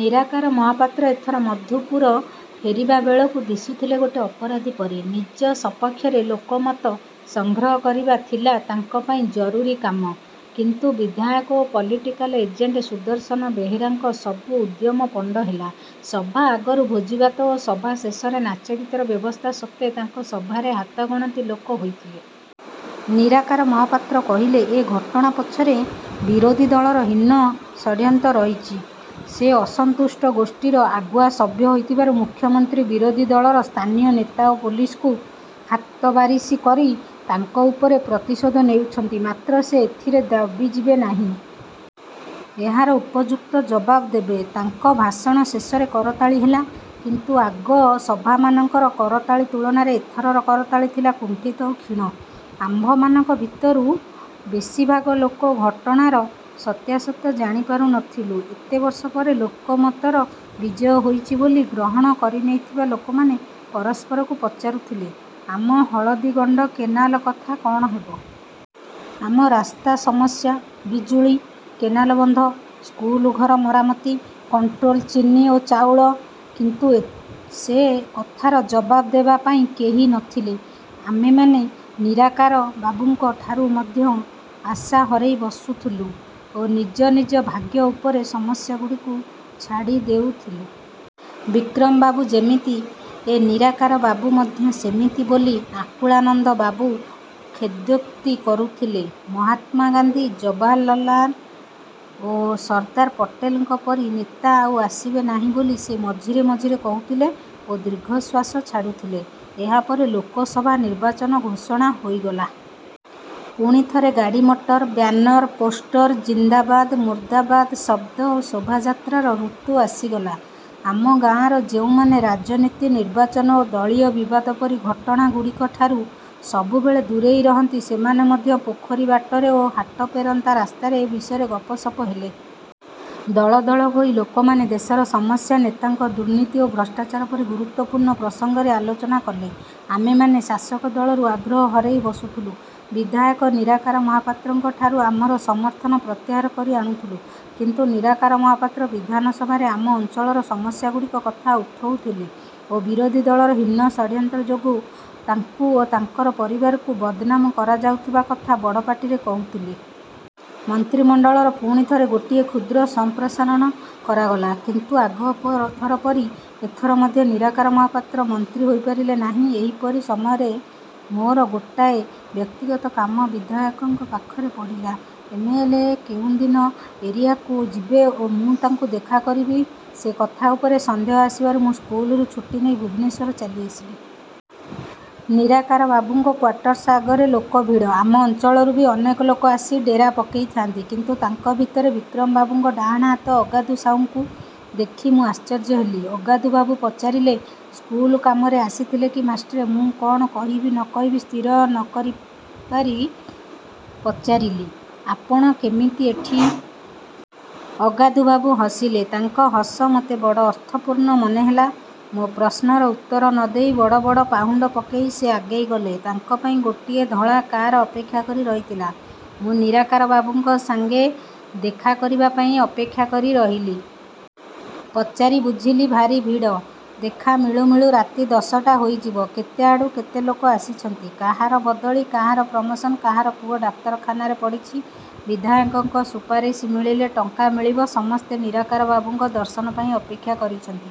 ନିରାକାର ମହାପାତ୍ର ଏଥର ମଧୁପୁର ଫେରିବାବେଳକୁ ଦିଶୁଥିଲେ ଗୋଟେ ଅପରାଧୀ ପରି। ନିଜ ସପକ୍ଷରେ ଲୋକମତ ସଂଗ୍ରହ କରିବା ଥିଲା ତାଙ୍କ ପାଇଁ ଜରୁରୀ କାମ। କିନ୍ତୁ ବିଧାୟକ ଓ ପଲିଟିକାଲ୍ ଏଜେଣ୍ଟ୍ ସୁଦର୍ଶନ ବେହେରାଙ୍କ ସବୁ ଉଦ୍ୟମ ପଣ୍ଡ ହେଲା। ସଭା ଆଗରୁ ଭୋଜିଭାତ ଓ ସଭା ଶେଷରେ ନାଚଗୀତର ବ୍ୟବସ୍ଥା ସତ୍ତ୍ୱେ ତାଙ୍କ ସଭାରେ ହାତଗଣତି ଲୋକ ହୋଇଥିଲେ। ନିରାକାର ମହାପାତ୍ର କହିଲେ, "ଏ ଘଟଣା ପଛରେ ବିରୋଧୀ ଦଳର ହୀନ ଷଡ୍ଯନ୍ତ୍ର ରହିଛି। ସେ ଅସନ୍ତୁଷ୍ଟ ଗୋଷ୍ଠୀର ଆଗୁଆ ସଭ୍ୟ ହୋଇଥିବାରୁ ମୁଖ୍ୟମନ୍ତ୍ରୀ ବିରୋଧୀ ଦଳର ସ୍ଥାନୀୟ ନେତା ଓ ପୁଲିସକୁ ହାତବାରିସି କରି ତାଙ୍କ ଉପରେ ପ୍ରତିଶୋଧ ନେଉଛନ୍ତି।" ମାତ୍ର ସେ ଏଥିରେ ଦବିଯିବେ ନାହିଁ। ଏହାର ଉପଯୁକ୍ତ ଜବାବ ଦେବେ। ତାଙ୍କ ଭାଷଣ ଶେଷରେ କରତାଳି ହେଲା। କିନ୍ତୁ ଆଗ ସଭାମାନଙ୍କର କରତାଳି ତୁଳନାରେ ଏଥରର କରତାଳି ଥିଲା କୁଣ୍ଠିତ ଏବଂ କ୍ଷୀଣ। ଆମମାନଙ୍କ ଭିତରୁ ବେଶୀଭାଗ ଲୋକ ଘଟଣାର ସତ୍ୟାସତ୍ୟ ଜାଣିପାରୁନଥିଲୁ। ଏତେବର୍ଷ ପରେ ଲୋକମତର ବିଜୟ ହୋଇଛି ବୋଲି ଗ୍ରହଣ କରିନେଇଥିବା ଲୋକମାନେ ପରସ୍ପରକୁ ପଚାରୁଥିଲେ, ଆମ ହଳଦୀଗଣ୍ଡ କେନାଲ କଥା କଣ ହେବ? ଆମ ରାସ୍ତା ସମସ୍ୟା? ବିଜୁଳି? କେନାଲ ବନ୍ଧ? ସ୍କୁଲ ଘର ମରାମତି? କଣ୍ଟ୍ରୋଲ ଚିନି ଓ ଚାଉଳ? କିନ୍ତୁ ସେ କଥାର ଜବାବ ଦେବା ପାଇଁ କେହି ନ ଥିଲେ। ଆମେମାନେ ନିରାକାର ବାବୁଙ୍କ ଠାରୁ ମଧ୍ୟ ଆଶା ହରେଇ ବସୁଥିଲୁ ଓ ନିଜ ନିଜ ଭାଗ୍ୟ ଉପରେ ସମସ୍ୟାଗୁଡ଼ିକୁ ଛାଡ଼ିଦେଉଥିଲୁ। ବିକ୍ରମବାବୁ ଯେମିତି, ଏ ନିରାକାର ବାବୁ ମଧ୍ୟ ସେମିତି ବୋଲି ଆକୁଳାନନ୍ଦ ବାବୁ ଖେଦୋକ୍ତି କରୁଥିଲେ। ମହାତ୍ମାଗାନ୍ଧୀ, ଜବାହରଲାଲ ଓ ସର୍ଦ୍ଦାର ପଟେଲଙ୍କ ପରି ନେତା ଆଉ ଆସିବେ ନାହିଁ ବୋଲି ସେ ମଝିରେ ମଝିରେ କହୁଥିଲେ ଓ ଦୀର୍ଘଶ୍ୱାସ ଛାଡ଼ୁଥିଲେ। ଏହାପରେ ଲୋକସଭା ନିର୍ବାଚନ ଘୋଷଣା ହୋଇଗଲା। ପୁଣିଥରେ ଗାଡ଼ି ମଟର, ବ୍ୟାନର, ପୋଷ୍ଟର ଜିନ୍ଦାବାଦ, ମୁର୍ଦ୍ଦାବାଦ ଶବ୍ଦ ଓ ଶୋଭଯାତ୍ରାର ଋତୁ ଆସିଗଲା। ଆମ ଗାଁର ଯେଉଁମାନେ ରାଜନୀତି, ନିର୍ବାଚନ ଓ ଦଳୀୟ ବିବାଦ ପରି ଘଟଣା ଗୁଡ଼ିକଠାରୁ ସବୁବେଳେ ଦୂରେଇ ରହନ୍ତି ସେମାନେ ମଧ୍ୟ ପୋଖରୀ ବାଟରେ ଓ ହାଟଫେରନ୍ତା ରାସ୍ତାରେ ଏ ବିଷୟରେ ଗପସପ ହେଲେ। ଦଳଦଳ ହୋଇ ଲୋକମାନେ ଦେଶର ସମସ୍ୟା, ନେତାଙ୍କ ଦୁର୍ନୀତି ଓ ଭ୍ରଷ୍ଟାଚାର ପରି ଗୁରୁତ୍ୱପୂର୍ଣ୍ଣ ପ୍ରସଂଗରେ ଆଲୋଚନା କଲେ। ଆମେମାନେ ଶାସକ ଦଳରୁ ଆଗ୍ରହ ହରେଇ ବସୁଥିଲୁ। ବିଧାୟକ ନିରାକାର ମହାପାତ୍ରଙ୍କ ଠାରୁ ଆମର ସମର୍ଥନ ପ୍ରତ୍ୟାହାର କରି ଆଣୁଥିଲୁ। କିନ୍ତୁ ନିରାକାର ମହାପାତ୍ର ବିଧାନସଭାରେ ଆମ ଅଞ୍ଚଳର ସମସ୍ୟାଗୁଡ଼ିକ କଥା ଉଠଉଥିଲେ ଓ ବିରୋଧୀ ଦଳର ହୀନ ଷଡ୍ଯନ୍ତ୍ର ଯୋଗୁଁ ତାଙ୍କୁ ଓ ତାଙ୍କର ପରିବାରକୁ ବଦନାମ କରାଯାଉଥିବା କଥା ବଡ଼ପାଟିରେ କହୁଥିଲେ। ମନ୍ତ୍ରୀମଣ୍ଡଳର ପୁଣିଥରେ ଗୋଟିଏ କ୍ଷୁଦ୍ର ସଂପ୍ରସାରଣ କରାଗଲା। କିନ୍ତୁ ଆଗଥର ପରି ଏଥର ମଧ୍ୟ ନିରାକାର ମହାପାତ୍ର ମନ୍ତ୍ରୀ ହୋଇପାରିଲେ ନାହିଁ। ଏହିପରି ସମୟରେ ମୋର ଗୋଟାଏ ବ୍ୟକ୍ତିଗତ କାମ ବିଧାୟକଙ୍କ ପାଖରେ ପଡ଼ିଲା। ଏମ ଏଲ ଏ କେଉଁଦିନ ଏରିଆକୁ ଯିବେ ଓ ମୁଁ ତାଙ୍କୁ ଦେଖା କରିବି ସେ କଥା ଉପରେ ସନ୍ଦେହ ଆସିବାରୁ ମୁଁ ସ୍କୁଲରୁ ଛୁଟି ନେଇ ଭୁବନେଶ୍ୱର ଚାଲିଆସିଲି। ନିରାକାର ବାବୁଙ୍କ କ୍ୱାର୍ଟର୍ସ ଆଗରେ ଲୋକଭିଡ଼। ଆମ ଅଞ୍ଚଳରୁ ବି ଅନେକ ଲୋକ ଆସି ଡେରା ପକେଇଥାଆନ୍ତି। କିନ୍ତୁ ତାଙ୍କ ଭିତରେ ବିକ୍ରମବାବୁଙ୍କ ଡାହାଣ ହାତ ଅଗାଧୁ ସାହୁଙ୍କୁ ଦେଖି ମୁଁ ଆଶ୍ଚର୍ଯ୍ୟ ହେଲି। ଅଗାଧୁବାବୁ ପଚାରିଲେ, "ସ୍କୁଲ କାମରେ ଆସିଥିଲେ କି ମାଷ୍ଟ୍ରେ?" ମୁଁ କଣ କହିବି ନ କହିବି ସ୍ଥିର ନ କରିପାରି ପଚାରିଲି, "ଆପଣ କେମିତି ଏଠି?" ଅଗାଧୁବାବୁ ହସିଲେ। ତାଙ୍କ ହସ ମୋତେ ବଡ଼ ଅର୍ଥପୂର୍ଣ୍ଣ ମନେହେଲା। ମୋ ପ୍ରଶ୍ନର ଉତ୍ତର ନ ଦେଇ ବଡ଼ ବଡ଼ ପାହୁଣ୍ଡ ପକେଇ ସେ ଆଗେଇଗଲେ। ତାଙ୍କ ପାଇଁ ଗୋଟିଏ ଧଳା କାର୍ ଅପେକ୍ଷା କରି ରହିଥିଲା। ମୁଁ ନିରାକାର ବାବୁଙ୍କ ସାଂଗେ ଦେଖା କରିବା ପାଇଁ ଅପେକ୍ଷା କରି ରହିଲି। ପଚାରି ବୁଝିଲି, ଭାରି ଭିଡ଼। ଦେଖା ମିଳୁ ମିଳୁ ରାତି ଦଶଟା ହୋଇଯିବ! କେତେ ଆଡୁ କେତେ ଲୋକ ଆସିଛନ୍ତି। କାହାର ବଦଳି, କାହାର ପ୍ରମୋସନ୍, କାହାର ପୁଅ ଡାକ୍ତରଖାନାରେ ପଡ଼ିଛି, ବିଧାୟକଙ୍କ ସୁପାରିସ ମିଳିଲେ ଟଙ୍କା ମିଳିବ। ସମସ୍ତେ ନିରାକାର ବାବୁଙ୍କ ଦର୍ଶନ ପାଇଁ ଅପେକ୍ଷା କରିଛନ୍ତି।